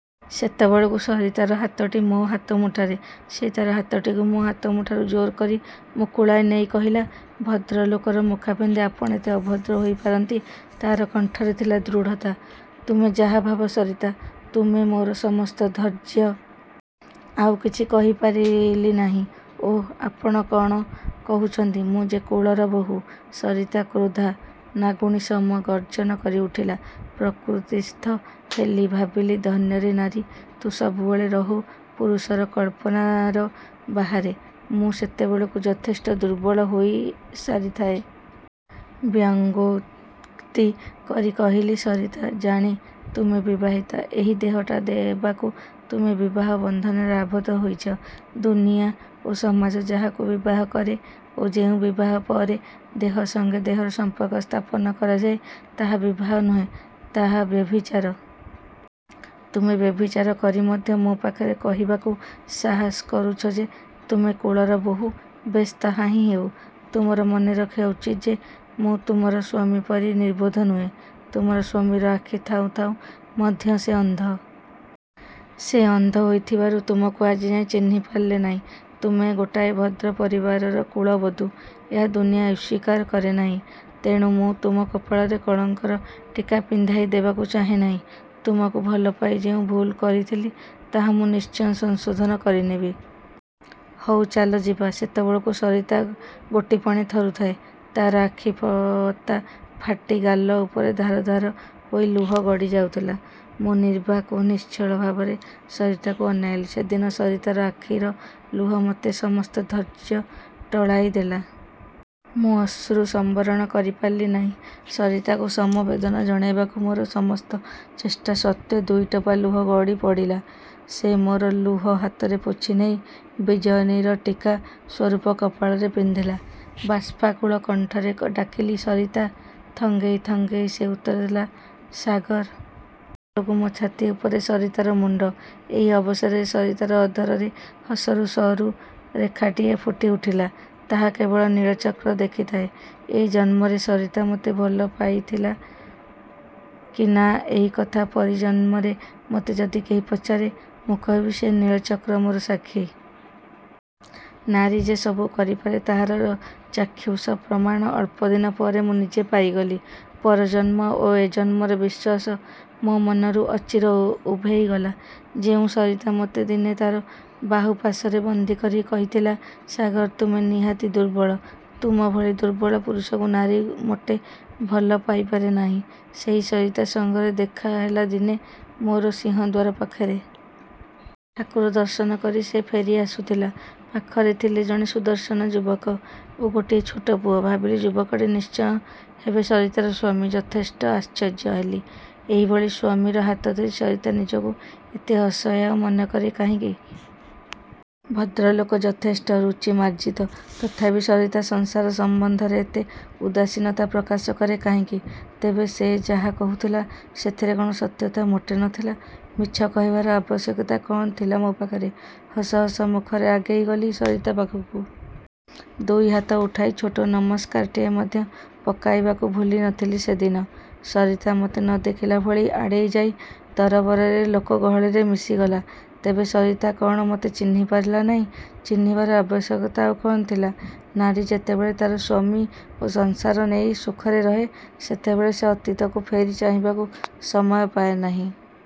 ସେତେବେଳକୁ ସରିତାର ହାତଟି ମୋ ହାତମୁଠାରେ। ସେ ତା'ର ହାତଟିକୁ ମୋ ହାତମୁଠାରୁ ଜୋରକରି ମୁକୁଳାଇ ନେଇ କହିଲା, 'ଭଦ୍ରଲୋକର ମୁଖାପିନ୍ଧି ଆପଣ ଏତେ ଅଭଦ୍ର ହୋଇପାରନ୍ତି? ' ତା'ର କଣ୍ଠରେ ଥିଲା ଦୃଢ଼ତା। ''ତୁମେ ଯାହା ଭାବ ସରିତା, ତୁମେ ମୋର ସମସ୍ତ ଧୈର୍ଯ୍ୟ। '' ଆଉକିଛି କହିପାରିଲି ନାହିଁ। ''ଓଃ, ଆପଣ କ'ଣ କହୁଛନ୍ତି? ମୁଁ ଯେ କୁଳର ବହୂ। '' ସରିତା କ୍ରୋଦ୍ଧା ନାଗୁଣୀ ସମ ଗର୍ଜନ କରିଉଠିଲା। ପ୍ରକୃତିସ୍ଥ ହେଲି। ଭାବିଲି ଧନ୍ୟରେ ନାରୀ! ତୁ ସବୁବେଳେ ରହୁ ପୁରୁଷର କଳ୍ପନାର ବାହାରେ। ମୁଁ ସେତେବେଳକୁ ଯଥେଷ୍ଟ ଦୁର୍ବଳ ହୋଇସାରିଥାଏ। ବ୍ୟଙ୍ଗୋକ୍ତି କରି କହିଲି, ''ସରିତା! ଜାଣେ ତୁମେ ବିବାହିତା। ଏହି ଦେହଟା ଦେବାକୁ ତୁମେ ବିବାହ ବନ୍ଧନରେ ଆବଦ୍ଧ ହୋଇଛ। ଦୁନିଆ ଓ ସମାଜ ଯାହାକୁ ବିବାହ କରେ ଓ ଯେଉଁ ବିବାହ ପରେ ଦେହ ସଙ୍ଗେ ଦେହର ସମ୍ପର୍କ ସ୍ଥାପନ କରାଯାଏ, ତାହା ବିବାହ ନୁହେଁ, ତାହା ବ୍ୟଭିଚାର। ତୁମେ ବ୍ୟଭିଚାର କରି ମଧ୍ୟ ମୋ ପାଖରେ କହିବାକୁ ସାହସ କରୁଛ ଯେ ତୁମେ କୁଳର ବୋହୂ। ବେଶ୍ ତାହାହିଁ ହେଉ। ତୁମର ମନେରଖିବା ଉଚିତ ଯେ ମୁଁ ତୁମର ସ୍ୱାମୀ ପରି ନିର୍ବୋଧ ନୁହେଁ। ତୁମର ସ୍ୱାମୀର ଆଖି ଥାଉଁ ଥାଉଁ ମଧ୍ୟ ସେ ଅନ୍ଧ। ସେ ଅନ୍ଧହୋଇଥିବାରୁ ତୁମକୁ ଆଜି ଯାଏ ଚିହ୍ନିପାରିଲେ ନାହିଁ। ତୁମେ ଗୋଟାଏ ଭଦ୍ର ପରିବାରର କୁଳ ବଧୂ। ଏହା ଦୁନିଆ ଅସ୍ୱୀକାର କରେ ନାହିଁ। ତେଣୁ ମୁଁ ତୁମ କପାଳରେ କଳଙ୍କର ଟୀକା ପିନ୍ଧାଇ ଦେବାକୁ ଚାହେଁ ନାହିଁ। ତୁମକୁ ଭଲପାଇ ଯେଉଁ ଭୁଲକରିଥିଲି, ତାହା ମୁଁ ନିଶ୍ଚୟ ସଂଶୋଧନ କରିନେବି। ହଉ ଚାଲ ଯିବା। '' ସେତେବେଳକୁ ସରିତା ଗୋଟିପଣେ ଥରୁଥାଏ। ତା'ର ଆଖିପତା ଫାଟି ଗାଲ ଉପରେ ଧାର ଧାର ହୋଇ ଲୁହ ଗଡ଼ିଯାଉଥିଲା। ମୁଁ ନିର୍ବାକ ଓ ନିଶ୍ଚଳ ଭାବରେ ସରିତାକୁ ଅନାଇଲି। ସେଦିନ ସରିତାର ଆଖିର ଲୁହ ମୋର ସମସ୍ତ ଧୈର୍ଯ୍ୟ ଟଳାଇ ଦେଲା। ମୁଁ ଅଶ୍ରୁ ସମ୍ବରଣ କରିପାରିଲି ନାହିଁ। ସରିତାକୁ ସମବେଦନା ଜଣାଇବାକୁ ମୋର ସମସ୍ତ ଚେଷ୍ଟା ସତ୍ତ୍ଵେ ଦୁଇଟୋପା ଲୁହ ଗଡ଼ିପଡ଼ିଲା। ସେ ମୋର ଲୁହ ହାତରେ ପୋଛିନେଇ। ବିଜୟନୀର ଟୀକା ସ୍ୱରୂପ କପାଳରେ ପିନ୍ଧିଲା-। ବାଷ୍ପାକୁଳ କଣ୍ଠରେ ଡାକିଲି, ''ସରିତା! '' ଥଙ୍ଗେଇ ଥଙ୍ଗେଇ ସେ ଉତ୍ତରଦେଲା, ''ସାଗର! '' ସେତେବେଳକୁ ମୋ ଛାତି ଉପରେ ସରିତାର ମୁଣ୍ଡ। ଏହି ଅବସରରେ ସରିତାର ଅଧରରେ ହସର ସରୁ ରେଖାଟିଏ ଫୁଟିଉଠିଲା। ତାହା କେବଳ ନୀଳଚକ୍ର ଦେଖିଥାଏ। ଏ ଜନ୍ମରେ ସରିତା ମୋତେ ଭଲପାଇଥିଲା କି ନା ଏହି କଥା ପରଜନ୍ମରେ ମୋତେ ଯଦି କେହି ପଚାରେ, ମୁଁ କହିବି ସେହି ନୀଳଚକ୍ର ମୋର ସାକ୍ଷୀ। ନାରୀ ଯେ ସବୁ କରିପାରେ ତାହାର ଚାକ୍ଷୁସ ପ୍ରମାଣ ଅଳ୍ପଦିନ ପରେ ମୁଁ ନିଜେ ପାଇଗଲି। ପରଜନ୍ମ ଓ ଏ ଜନ୍ମର ବିଶ୍ୱାସ ମୋ ମନରୁ ଅଚିରେ ଉଭେଇଗଲା। ଯେଉଁ ସରିତା ମୋତେ ଦିନେ ତା'ର ବାହୁପାଶରେ ବନ୍ଦୀକରି କହିଥିଲା, ''ସାଗର! ତୁମେ ନିହାତି ଦୁର୍ବଳ, ତୁମ ଭଳି ଦୁର୍ବଳ ପୁରୁଷକୁ ନାରୀ ମୋଟେ ଭଲ ପାଇପାରେ ନାହିଁ'', ସେହି ସରିତା ସଙ୍ଗରେ ଦେଖାହେଲା ଦିନେ ମୋର ସିଂହଦ୍ଵାର ପାଖରେ। ଠାକୁର ଦର୍ଶନ କରିସାରି ସେ ଫେରି ଆସୁଥିଲା। ପାଖରେ ଥିଲେ ଜଣେ ସୁଦର୍ଶନ ଯୁବକ ଓ ଗୋଟିଏ ଛୋଟ ପୁଅ। ଭାବିଲି ଯୁବକଟି ନିଶ୍ଚୟ ହେବେ ସରିତାର ସ୍ୱାମୀ। ଯଥେଷ୍ଟ ଆଶ୍ଚର୍ଯ୍ୟ ହେଲି। ଏହିଭଳି ସ୍ୱାମୀର ହାତଧରି ସରିତା ନିଜକୁ ଏତେ ଅସହାୟ ମନେକରେ କାହିଁକି? ଭଦ୍ରଲୋକ ଯଥେଷ୍ଟ ରୁଚିମାର୍ଜିତ। ତଥାପି ସରିତା ସଂସାର ସମ୍ବନ୍ଧରେ ଏତେ ଉଦାସୀନତା ପ୍ରକାଶ କରେ କାହିଁକି? ତେବେ ସେ ଯାହା କହୁଥିଲା, ସେଥିରେ କ'ଣ ସତ୍ୟତା ମୋଟେ ନ ଥିଲା? ମିଛ କହିବାର ଆବଶ୍ୟକତା କ'ଣ ଥିଲା ମୋ ପାଖରେ? ହସ ହସ ମୁଖରେ ଆଗେଇଗଲି ସରିତା ପାଖକୁ। ଦୁଇ ହାତ ଉଠାଇ ଛୋଟ ନମସ୍କାରଟିଏ ମଧ୍ୟ ପକାଇବାକୁ ଭୁଲି ନଥିଲି ସେଦିନ। ସରିତା ମୋତେ ନ ଦେଖିଲାଭଳି ଆଡ଼େଇଯାଇ ତରବରରେ ଲୋକ ଗହଳିରେ ମିଶିଗଲା। ତେବେ ସରିତା କ'ଣ ମୋତେ ଚିହ୍ନିପାରିଲା ନାହିଁ? ଚିହ୍ନିବାର ଆବଶ୍ୟକତା ଆଉ କ'ଣ ଥିଲା? ନାରୀ ଯେତେବେଳେ ତା'ର ସ୍ୱାମୀ ଓ ସଂସାର ନେଇ ସୁଖରେ ରହେ ସେତେବେଳେ ସେ ଅତୀତକୁ ଫେରି ଚାହିଁବାକୁ ସମୟ ପାଏ ନାହିଁ-।